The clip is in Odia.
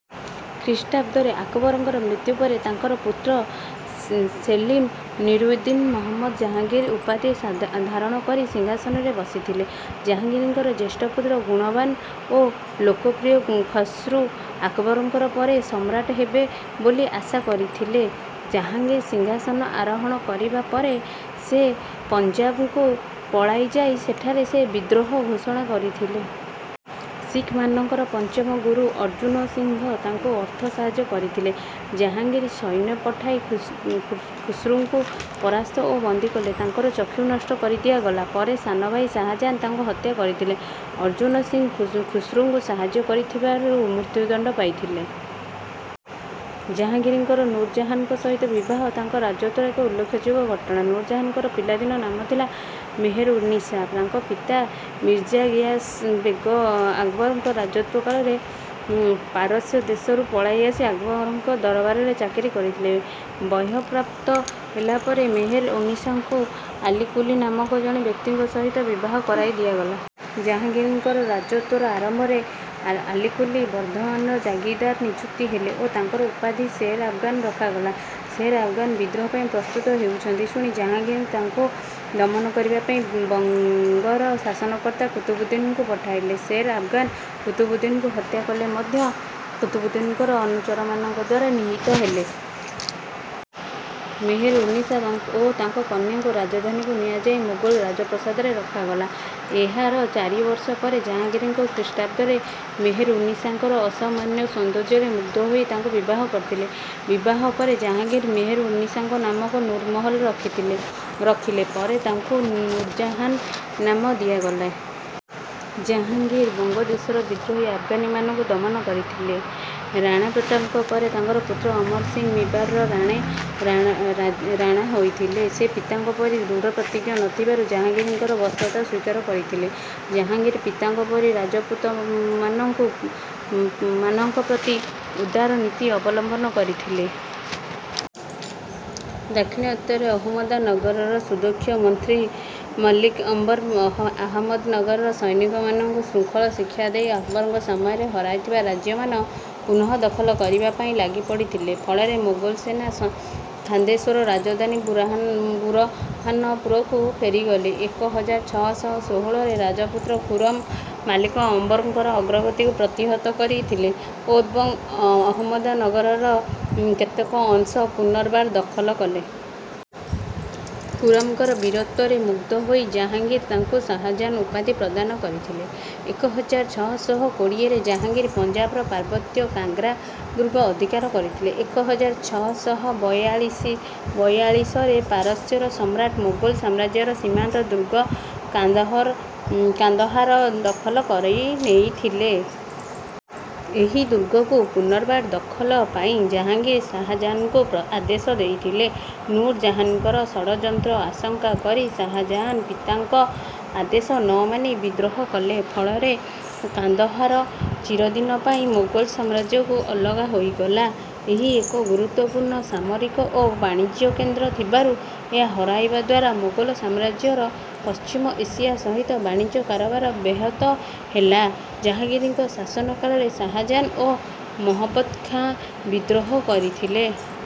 ଖ୍ରୀଷ୍ଟାବ୍ଦରେ ଆକବରଙ୍କର ମୃତ୍ୟୁ ପରେ ତାଙ୍କର ପୁତ୍ର ସେଲିମ ନୁରଉଦ୍ଦିନ ମହମ୍ମଦ ଜାହାଙ୍ଗୀର ଉପାଧି ଧାରଣ କରି ସିଂହାସନରେ ବସିଥିଲେ। ଜାହାଙ୍ଗୀରଙ୍କର ଜ୍ୟେଷ୍ଠ ପୁତ୍ର ଗୁଣବାନ ଓ ଲୋକପ୍ରିୟ ଖୁସ୍ରୁ ଆକବରଙ୍କ ପରେ ସମ୍ରାଟ ହେବେ ବୋଲି ଆଶା କରିଥିଲେ। ଜାହାଙ୍ଗୀର ସିଂହାସନ ଆରୋହଣ କରିବା ପରେ ସେ ପଞ୍ଜାବକୁ ପଳାଇ ଯାଇ ସେଠାରେ ସେ ବିଦ୍ରୋହ ଘୋଷଣା କରିଥିଲେ। ଶିଖମାନଙ୍କର ପଞ୍ଚମ ଗୁରୁ ଅର୍ଜୁନ ସିଂହ ତାଙ୍କୁ ଅର୍ଥ ସାହାଯ୍ୟ କରିଥିଲେ। ଜାହାଙ୍ଗୀର ସୈନ୍ୟ ପଠାଇ ଖୁସ୍ରୁଙ୍କୁ ପରାସ୍ତ ଓ ବନ୍ଦୀ କଲେ। ତାଙ୍କର ଚକ୍ଷୁ ନଷ୍ଟ କରି ଦିଆଗଲା। ପରେ ସାନଭାଇ ଶାହାଜାହାନ ତାଙ୍କୁ ହତ୍ୟା କରିଥିଲେ। ଅର୍ଜୁନ ସିଂହ ଖୁସ୍ରୁଙ୍କୁ ସାହାଯ୍ୟ କରିଥିବାରୁ ମୃତ୍ୟୁଦଣ୍ଡ ପାଇଥିଲେ। ଜାହାଙ୍ଗୀରଙ୍କର ନୂରଜାହାନଙ୍କ ସହିତ ବିବାହ ତାଙ୍କ ରାଜତ୍ୱର ଏକ ଉଲ୍ଲେଖଯୋଗ୍ୟ ଘଟଣା। ନୂରଜାହାନଙ୍କର ପିଲାଦିନର ନାମ ଥିଲା ମେହେର-ଉନ୍ନିସା। ତାଙ୍କ ପିତା ମିର୍ଜା ଗିୟାସ ବେଗ ଆକବରଙ୍କ ରାଜତ୍ୱ କାଳରେ ପାରସ୍ୟ ଦେଶରୁ ପଳାଇ ଆସି ଆକବରଙ୍କ ଦରବାରରେ ଚାକିରି କଲେ। ବୟଃପ୍ରାପ୍ତ ହେଲା ପରେ ମେହେର-ଉନ୍ନିସାଙ୍କୁ ଆଲିକୁଲି ନାମକ ଜଣେ ବ୍ୟକ୍ତିଙ୍କ ସହିତ ବିବାହ କରାଇ ଦିଆଗଲା। ଜାହାଙ୍ଗୀରଙ୍କ ରାଜତ୍ୱର ଆରମ୍ଭରେ ଆଲିକୁଲି ବର୍ଦ୍ଧମାନର ଜାଗିରଦାର ନିଯୁକ୍ତ ହେଲେ ଓ ତାଙ୍କର ଉପାଧି ଶେର ଆଫଗାନ ରଖାଗଲା। ଶେର ଆଫଗାନ ବିଦ୍ରୋହ ପାଇଁ ପ୍ରସ୍ତୁତ ହେଉଛନ୍ତି ଶୁଣି ଜାହାଙ୍ଗୀର ତାଙ୍କୁ ଦମନ କରିବା ପାଇଁ ବଙ୍ଗର ଶାସନକର୍ତ୍ତା କୁତବୁଦ୍ଦିନଙ୍କୁ ପଠାଇଲେ। ଶେର ଆଫଗାନ କୁତବୁଦ୍ଦିନଙ୍କୁ ହତ୍ୟା କଲେ ମଧ୍ୟ କୁତବୁଦ୍ଦିନଙ୍କର ଅନୁଚରମାନଙ୍କ ଦ୍ୱାରା ନିହତ ହେଲେ। ମେହେର-ଉନ୍ନିସା ଓ ତାଙ୍କ କନ୍ୟାଙ୍କୁ ରାଜଧାନୀକୁ ନିଆଯାଇ ମୋଗଲ ରାଜପ୍ରାସାଦରେ ରଖାଗଲା। ଏହାର ଚାରି ବର୍ଷ ପରେ ଜାହାଙ୍ଗୀର ଖ୍ରୀଷ୍ଟାବ୍ଦରେ ମେହେର-ଉନ୍ନିସାଙ୍କର ଅସାମାନ୍ୟ ସୌନ୍ଦର୍ଯ୍ୟରେ ମୁଗ୍ଧ ହୋଇ ତାଙ୍କୁ ବିବାହ କରିଥିଲେ। ବିବାହ ପରେ ଜାହାଙ୍ଗୀର ମେହେର-ଉନ୍ନିସାଙ୍କ ନାମ ନୁରମହଲ ରଖିଲେ। ପରେ ତାଙ୍କୁ ନୂରଜାହାନ ନାମ ଦିଆଗଲା। ଜାହାଙ୍ଗୀର ବଙ୍ଗଦେଶର ବିଦ୍ରୋହୀ ଆଫଗାନମାନଙ୍କୁ ଦମନ କରିଥିଲେ। ରାଣା ପ୍ରତାପଙ୍କ ପରେ ତାଙ୍କର ପୁତ୍ର ଅମର ସିଂହ ମିବାରର ରାଣା ହୋଇଥିଲେ। ସେ ପିତାଙ୍କ ପରି ଦୃଢ଼ପ୍ରତିଜ୍ଞ ନ ଥିବାରୁ ଜାହାଙ୍ଗୀରଙ୍କର ବଶତା ସ୍ୱୀକାର କରିଥିଲେ। ଜାହାଙ୍ଗୀର ପିତାଙ୍କ ପରି ରାଜପୁତମାନଙ୍କ ପ୍ରତି ଉଦାର ନୀତି ଅବଲମ୍ବନ କରିଥିଲେ। ଦାକ୍ଷିଣାତ୍ୟରେ ଆହମ୍ମଦନଗରର ସୁଦକ୍ଷ ମନ୍ତ୍ରୀ ମାଲିକ ଅମ୍ବର ଆହମ୍ମଦନଗରର ସୈନ୍ୟମାନଙ୍କୁ ଶୃଙ୍ଖଳା ଶିକ୍ଷା ଦେଇ ଆକବରଙ୍କ ସମୟରେ ହରାଇଥିବା ରାଜ୍ୟମାନ ପୁନଃଦଖଲ କରିବା ପାଇଁ ଲାଗିପଡ଼ିଥିଲେ। ଫଳରେ ମୋଗଲ ସେନା ଖାନ୍ଦେଶର ରାଜଧାନୀ ବୁରହାନପୁରକୁ ଫେରିଗଲେ। ଏକ ହଜାର ଛଅ ଶହ ଷୋହଳରେ ରାଜପୁତ୍ର ଖୁରମ ମାଲିକ ଅମ୍ବରଙ୍କର ଅଗ୍ରଗତିକୁ ପ୍ରତିହତ କରିଥିଲେ ଏବଂ ଆହମ୍ମଦନଗରର କେତେକ ଅଂଶ ପୁନର୍ବାର ଦଖଲ କଲେ। ଖୁରମଙ୍କର ବୀରତ୍ୱରେ ମୁଗ୍ଧ ହୋଇ ଜାହାଙ୍ଗୀର ତାଙ୍କୁ ଶାହାଜାହାନ ଉପାଧି ପ୍ରଦାନ କରିଥିଲେ। ଏକ ହଜାର ଛଅ ଶହ କୋଡ଼ିଏରେ ଜାହାଙ୍ଗୀର ପଞ୍ଜାବର ପାର୍ବତ୍ୟ କାଙ୍ଗ୍ରା ଦୁର୍ଗ ଅଧିକାର କରିଥିଲେ। ଏକ ହଜାର ଛଅ ଶହ ବାୟାଳିଶରେ ପାରସ୍ୟ ସମ୍ରାଟ ମୋଗଲ ସାମ୍ରାଜ୍ୟର ସୀମାନ୍ତ ଦୁର୍ଗ କାନ୍ଦାହାର ଦଖଲ କରିନେଇଥିଲେ। ଏହି ଦୁର୍ଗକୁ ପୁନର୍ବାର ଦଖଲ ପାଇଁ ଜାହାଙ୍ଗୀର ଶାହାଜାହାନଙ୍କୁ ଆଦେଶ ଦେଇଥିଲେ। ନୂରଜାହାନଙ୍କ ଷଡ଼ଯନ୍ତ୍ର ଆଶଙ୍କା କରି ଶାହାଜାହାନ ପିତାଙ୍କ ଆଦେଶ ନ ମାନି ବିଦ୍ରୋହ କଲେ। ଫଳରେ କାନ୍ଦାହାର ଚିରଦିନ ପାଇଁ ମୋଗଲ ସାମ୍ରାଜ୍ୟରୁ ଅଲଗା ହୋଇଗଲା। ଏହା ଏକ ଗୁରୁତ୍ୱପୂର୍ଣ୍ଣ ସାମରିକ ଓ ବାଣିଜ୍ୟ କେନ୍ଦ୍ର ଥିବାରୁ ଏହା ହରାଇବା ଦ୍ୱାରା ମୋଗଲ ସାମ୍ରାଜ୍ୟର ପଶ୍ଚିମ ଏସିଆ ସହିତ ବାଣିଜ୍ୟ କାରବାର ବ୍ୟାହତ ହେଲା। ଜାହାଙ୍ଗୀରଙ୍କ ଶାସନ କାଳରେ ଶାହାଜାହାନ ଓ ମହବତ ଖାଁ ବିଦ୍ରୋହ କରିଥିଲେ।